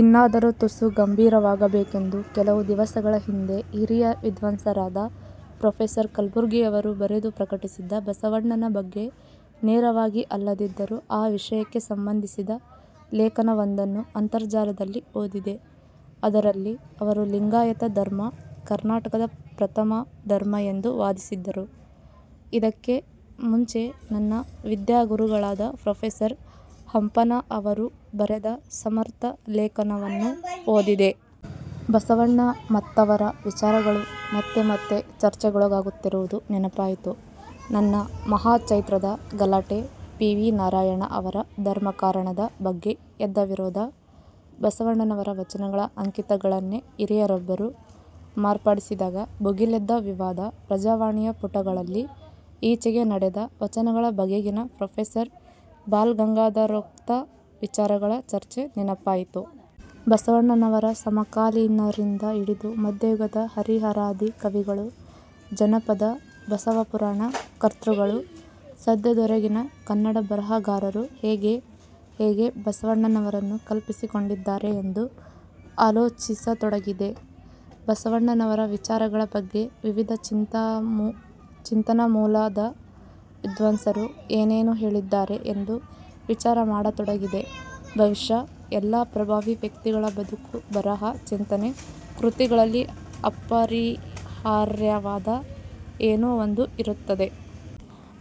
ಇನ್ನಾದರೂ ತುಸು ಗಂಭೀರವಾಗಬೇಕೆಂದು ಕೆಲವು ದಿವಸಗಳ ಹಿಂದೆ ಹಿರಿಯ ವಿದ್ವಾಂಸರಾದ ಪ್ರೊಫೆಸರ್ ಕಲಬುರ್ಗಿಯವರು ಬರೆದು ಪ್ರಕಟಿಸಿದ್ದ ಬಸವಣ್ಣನ ಬಗ್ಗೆ ನೇರವಾಗಿ ಅಲ್ಲದಿದ್ದರೂ ಆ ವಿಷಯಕ್ಕೇ ಸಂಬಂಧಿಸಿದ ಲೇಖನವೊಂದನ್ನು ಅಂತರ್ಜಾಲದಲ್ಲಿ ಓದಿದೆ. ಅದರಲ್ಲಿ ಅವರು ಲಿಂಗಾಯತ ಧರ್ಮ ಕರ್ನಾಟಕದ ಪ್ರಥಮ ಧರ್ಮ ಎಂದು ವಾದಿಸಿದ್ದರು. ಇದಕ್ಕೆ ಮುಂಚೆ ನನ್ನ ವಿದ್ಯಾಗುರುಗಳಾದ ಪ್ರೊಫೆಸರ್ ಹಂಪನಾ ಅವರು ಬರೆದ ಸಮರ್ಥ ಲೇಖನವನ್ನೂ ಓದಿದೆ. ಬಸವಣ್ಣ ಮತ್ತವರ ವಿಚಾರಗಳು ಮತ್ತೆ ಮತ್ತೆ ಚರ್ಚೆಗೊಳಗಾಗುತ್ತಿರುವುದು ನೆನಪಾಯಿತು. ನನ್ನ 'ಮಹಾಚೈತ್ರ'ದ ಗಲಾಟೆ, ಪಿ. ವಿ. ನಾರಾಯಣ ಅವರ 'ಧರ್ಮಕಾರಣ'ದ ಬಗ್ಗೆ ಎದ್ದ ವಿರೋಧ, ಬಸವಣ್ಣನವರ ವಚನಗಳ ಅಂಕಿತಗಳನ್ನೇ ಹಿರಿಯರೊಬ್ಬರು ಮಾರ್ಪಡಿಸಿದಾಗ ಭುಗಿಲೆದ್ದ ವಿವಾದ, 'ಪ್ರಜಾವಾಣಿ'ಯ ಪುಟಗಳಲ್ಲಿ ಈಚೆಗೆ ನಡೆದ ವಚನಗಳ ಬಗೆಗಿನ ಪ್ರೊಫೆಸರ್ ಬಾಲಗಂಗಾಧರೋಕ್ತ ವಿಚಾರಗಳ ಚರ್ಚೆ ನೆನಪಾಯಿತು. ಬಸವಣ್ಣನವರ ಸಮಕಾಲೀನರಿಂದ ಹಿಡಿದು ಮಧ್ಯಯುಗದ ಹರಿಹರಾದಿ ಕವಿಗಳು ಜನಪದ ಬಸವಪುರಾಣ ಕರ್ತೃಗಳು ಸದ್ಯದವರೆಗಿನ ಕನ್ನಡ ಬರಹಗಾರರು ಹೇಗೆ ಹೇಗೆ ಬಸವಣ್ಣನವರನ್ನು ಕಲ್ಪಿಸಿಕೊಂಡಿದ್ದಾರೆ ಎಂದು ಆಲೋಚಿಸತೊಡಗಿದೆ. ಬಸವಣ್ಣನವರ ವಿಚಾರಗಳ ಬಗ್ಗೆ ವಿವಿಧ ಚಿಂತನಾಮೂಲದ ವಿದ್ವಾಂಸರು ಏನೇನು ಹೇಳಿದ್ದಾರೆ ಎಂದು ವಿಚಾರ ಮಾಡತೊಡಗಿದೆ. ಬಹುಶಃ ಎಲ್ಲ ಪ್ರಭಾವಿ ವ್ಯಕ್ತಿಗಳ ಬದುಕು, ಬರಹ, ಚಿಂತನೆ, ಕೃತಿಗಳಲ್ಲಿ ಅಪರಿಹಾರ್ಯವಾದ ಏನೋ ಒಂದು ಇರುತ್ತದೆ.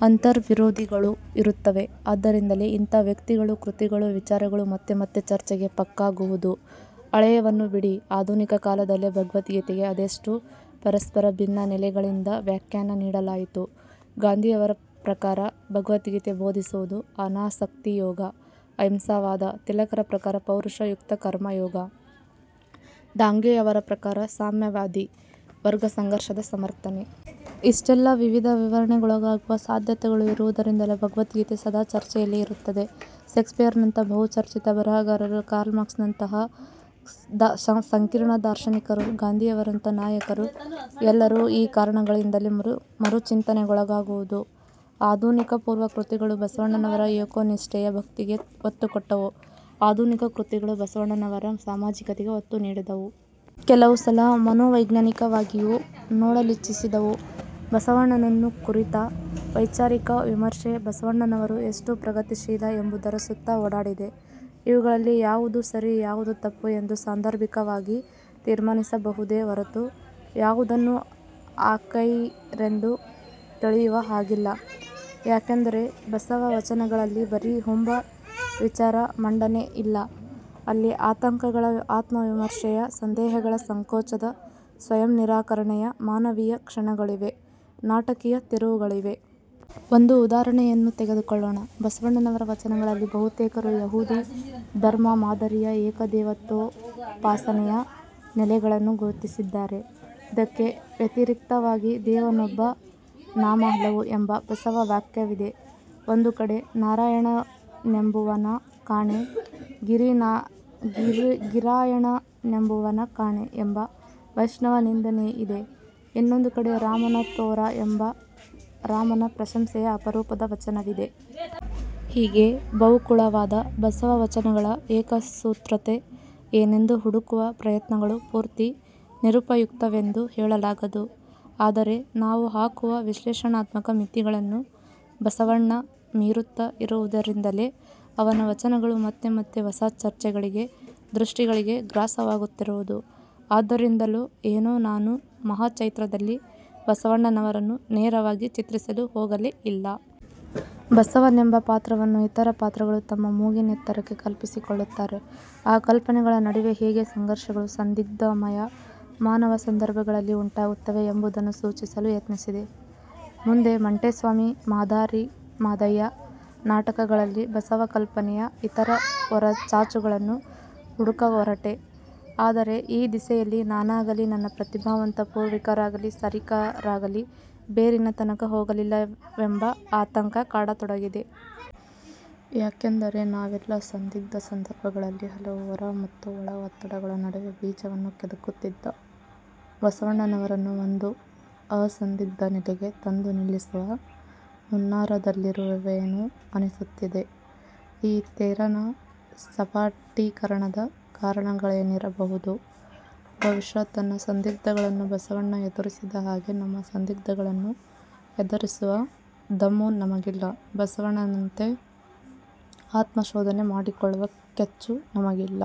ಅಂತರ್ವಿರೋಧಗಳೂ ಇರುತ್ತವೆ. ಆದ್ದರಿಂದಲೇ ಇಂಥ ವ್ಯಕ್ತಿಗಳು, ಕೃತಿಗಳು, ವಿಚಾರಗಳು ಮತ್ತೆ ಮತ್ತೆ ಚರ್ಚೆಗೆ ಪಕ್ಕಾಗುವುದು. ಹಳೆಯವನ್ನು ಬಿಡಿ, ಆಧುನಿಕ ಕಾಲದಲ್ಲೇ 'ಭಗವದ್ಗೀತೆ'ಗೆ ಅದೆಷ್ಟು ಪರಸ್ಪರ ಭಿನ್ನ ನೆಲೆಗಳಿಂದ ವ್ಯಾಖ್ಯಾನ ನೀಡಲಾಯಿತು? ಗಾಂಧಿಯವರ ಪ್ರಕಾರ 'ಭಗವದ್ಗೀತೆ' ಬೋಧಿಸುವುದು ಅನಾಸಕ್ತಿಯೋಗ, ಅಹಿಂಸಾವಾದ, ತಿಲಕರ ಪ್ರಕಾರ ಪೌರುಷಯುಕ್ತಕರ್ಮಯೋಗ, ಡಾಂಗೆ ಅವರ ಪ್ರಕಾರ ಸಾಮ್ಯವಾದಿ ವರ್ಗ ಸಂಘರ್ಷದ ಸಮರ್ಥನೆ. ಇಷ್ಟೆಲ್ಲಾ ವಿವಿಧ ವಿವರಣೆಗೊಳಗಾಗುವ ಸಾಧ್ಯತೆಗಳು ಇರುವುದರಿಂದಲೇ 'ಭಗವದ್ಗೀತೆ' ಸದಾ ಚರ್ಚೆಯಲ್ಲಿ ಇರುತ್ತದೆ. ಷೇಕ್ಸ್ಪಿಯರನಂಥ ಬಹುಚರ್ಚಿತ ಬರಹಗಾರರು, ಕಾರ್ಲ್ಮಾರ್ಕ್ಸ್ನಂಥ ಸಂಕೀರ್ಣ ದಾರ್ಶನಿಕರು, ಗಾಂಧಿಯವರಂಥ ನಾಯಕರು ಎಲ್ಲರೂ ಈ ಕಾರಣಗಳಿಂದಲೇ ಮರುಚಿಂತನೆಗೊಳಗಾಗುವುದು. ಆಧುನಿಕಪೂರ್ವ ಕೃತಿಗಳು ಬಸವಣ್ಣನವರ ಏಕೋನಿಷ್ಠೆಯ ಭಕ್ತಿಗೆ ಒತ್ತುಕೊಟ್ಟವು; ಆಧುನಿಕ ಕೃತಿಗಳು ಬಸವಣ್ಣನವರ ಸಾಮಾಜಿಕತೆಗೆ ಒತ್ತು ನೀಡಿದವು. ಕೆಲವು ಸಲ ಮನೋವೈಜ್ಞಾನಿಕವಾಗಿಯೂ ನೋಡಲಿಚ್ಛಿಸಿದವು. ಬಸವಣ್ಣನನ್ನು ಕುರಿತ ವೈಚಾರಿಕ ವಿಮರ್ಶೆ ಬಸವಣ್ಣನವರು ಎಷ್ಟು 'ಪ್ರಗತಿಶೀಲ' ಎಂಬುದರ ಸುತ್ತ ಓಡಾಡಿದೆ. ಇವುಗಳಲ್ಲಿ ಯಾವುದು ಸರಿ ಯಾವುದು ತಪ್ಪು ಎಂದು ಸಾಂದರ್ಭಿಕವಾಗಿ ತೀರ್ಮಾನಿಸಬಹುದೆ ಹೊರತು ಯಾವುದನ್ನೂ ಆಖೈರೆಂದು ತಿಳಿಯುವ ಹಾಗಿಲ್ಲ. ಯಾಕೆಂದರೆ ಬಸವ ವಚನಗಳಲ್ಲಿ ಬರೀ ಹುಂಬ ವಿಚಾರಮಂಡನೆಯಿಲ್ಲ; ಅಲ್ಲಿ ಆತಂಕಗಳ, ಆತ್ಮವಿಮರ್ಶೆಯ, ಸಂದೇಹಗಳ, ಸಂಕೋಚದ, ಸ್ವಯಂನಿರಾಕರಣೆಯ ಮಾನವೀಯ ಕ್ಷಣಗಳಿವೆ, ನಾಟಕೀಯ ತಿರುವುಗಳಿವೆ. ಒಂದು ಉದಾಹರಣೆಯನ್ನು ತೆಗೆದುಕೊಳ್ಳೋಣ. ಬಸವಣ್ಣನವರ ವಚನಗಳಲ್ಲಿ ಬಹುತೇಕರು ಯಹೂದಿ ಧರ್ಮ ಮಾದರಿಯ ಏಕದೇವತೋಪಾಸನೆಯ ನೆಲೆಗಳನ್ನು ಗುರುತಿಸಿದ್ದಾರೆ. ಇದಕ್ಕೆ ವ್ಯತಿರಿಕ್ತವಾಗಿ 'ದೇವನೊಬ್ಬ, ನಾಮ ಹಲವು' ಎಂಬ ಬಸವ ವಾಕ್ಯವಿದೆ. ಒಂದು ಕಡೆ 'ನಾರಾಯಣನೆಂಬುವನ ಕಾಣೆ, ಗೀರಾಯಣನೆಂಬುವನ ಕಾಣೆ' ಎಂಬ ವೈಷ್ಣವ ನಿಂದನೆಯಿದೆ. ಇನ್ನೊಂದು ಕಡೆ 'ರಾಮನ ತೋರಾ' ಎಂಬ ರಾಮನ ಪ್ರಶಂಸೆಯ ಅಪರೂಪದ ವಚನವಿದೆ. ಹೀಗೆ ಬಹುಕುಳವಾದ ಬಸವವಚನಗಳ ಏಕಸೂತ್ರತೆ ಏನೆಂದು ಹುಡುಕುವ ಪ್ರಯತ್ನಗಳು ಪೂರ್ತಿ ನಿರುಪಯುಕ್ತವೆಂದು ಹೇಳಲಾಗದು. ಆದರೆ ನಾವು ಹಾಕುವ ವಿಶ್ಲೇಷಣಾತ್ಮಕ ಮಿತಿಗಳನ್ನು ಬಸವಣ್ಣ ಮೀರುತ್ತ ಇರುವುದರಿಂದಲೇ ಅವನ ವಚನಗಳು ಮತ್ತೆ ಮತ್ತೆ ಹೊಸ ಚರ್ಚೆಗಳಿಗೆ, ದೃಷ್ಟಿಗಳಿಗೆ ಗ್ರಾಸವಾಗುತ್ತಿರುವುದು. ಆದ್ದರಿಂದಲೋ ಏನೋ ನಾನು 'ಮಹಾಚೈತ್ರ'ದಲ್ಲಿ ಬಸವಣ್ಣನವರನ್ನು ನೇರವಾಗಿ ಚಿತ್ರಿಸಲು ಹೋಗಲೇ ಇಲ್ಲ. ಬಸವನೆಂಬ ಪಾತ್ರವನ್ನು ಇತರ ಪಾತ್ರಗಳು ತಮ್ಮ ಮೂಗಿನೆತ್ತರಕ್ಕೆ ಕಲ್ಪಿಸಿಕೊಳ್ಳುತ್ತಾರೆ, ಆ ಕಲ್ಪನೆಗಳ ನಡುವೆ ಹೇಗೆ ಸಂಘರ್ಷಗಳು ಸಂದಿಗ್ಧಮಯ ಮಾನವ ಸಂದರ್ಭಗಳಲ್ಲಿ ಉಂಟಾಗುತ್ತವೆ ಎಂಬುದನ್ನು ಸೂಚಿಸಲು ಯತ್ನಿಸಿದೆ. ಮುಂದೆ 'ಮಂಟೇಸ್ವಾಮಿ', 'ಮಾದಾರಿ ಮಾದಯ್ಯ' ನಾಟಕಗಳಲ್ಲಿ ಬಸವಕಲ್ಪನೆಯ ಇತರ ಹೊರಚಾಚುಗಳನ್ನು ಹುಡುಕ ಹೊರಟೆ. ಆದರೆ ಈ ದಿಸೆಯಲ್ಲಿ ನಾನಾಗಲೀ ನನ್ನ ಪ್ರತಿಭಾವಂತ ಪೂರ್ವಿಕರಾಗಲಿ ಸರೀಕರಾಗಲಿ ಬೇರಿನ ತನಕ ಹೋಗಲಿಲ್ಲವೆಂಬ ಆತಂಕ ಕಾಡತೊಡಗಿದೆ. ಯಾಕೆಂದರೆ ನಾವೆಲ್ಲ ಸಂದಿಗ್ಧ ಸಂದರ್ಭಗಳಲ್ಲಿ ಹಲವು ಹೊರ ಮತ್ತು ಒಳ ಒತ್ತಡಗಳ ನಡುವೆ ನಿಜವನ್ನು ಕೆದಕುತ್ತಿದ್ದ ಬಸವಣ್ಣನವರನ್ನು ಒಂದು ಅಸಂದಿಗ್ಧ ನೆಲೆಗೆ ತಂದು ನಿಲ್ಲಿಸುವ ಹುನ್ನಾರದಲ್ಲಿರುವೆವೇನೋ ಅನಿಸುತ್ತಿದೆ. ಈ ತೆರನ ಸಪಾಟೀಕರಣದ ಕಾರಣಗಳೇನಿರಬಹುದು? ಬಹುಶಃ ತನ್ನ ಸಂದಿಗ್ಧಗಳನ್ನು ಬಸವಣ್ಣ ಎದುರಿಸಿದ ಹಾಗೆ ನಮ್ಮ ಸಂದಿಗ್ಧಗಳನ್ನು ಎದುರಿಸುವ ದಮ್ಮು ನಮಗಿಲ್ಲ. ಬಸವಣ್ಣನಂತೆ ಆತ್ಮಶೋಧನೆ ಮಾಡಿಕೊಳ್ಳುವ ಕೆಚ್ಚು ನಮಗಿಲ್ಲ.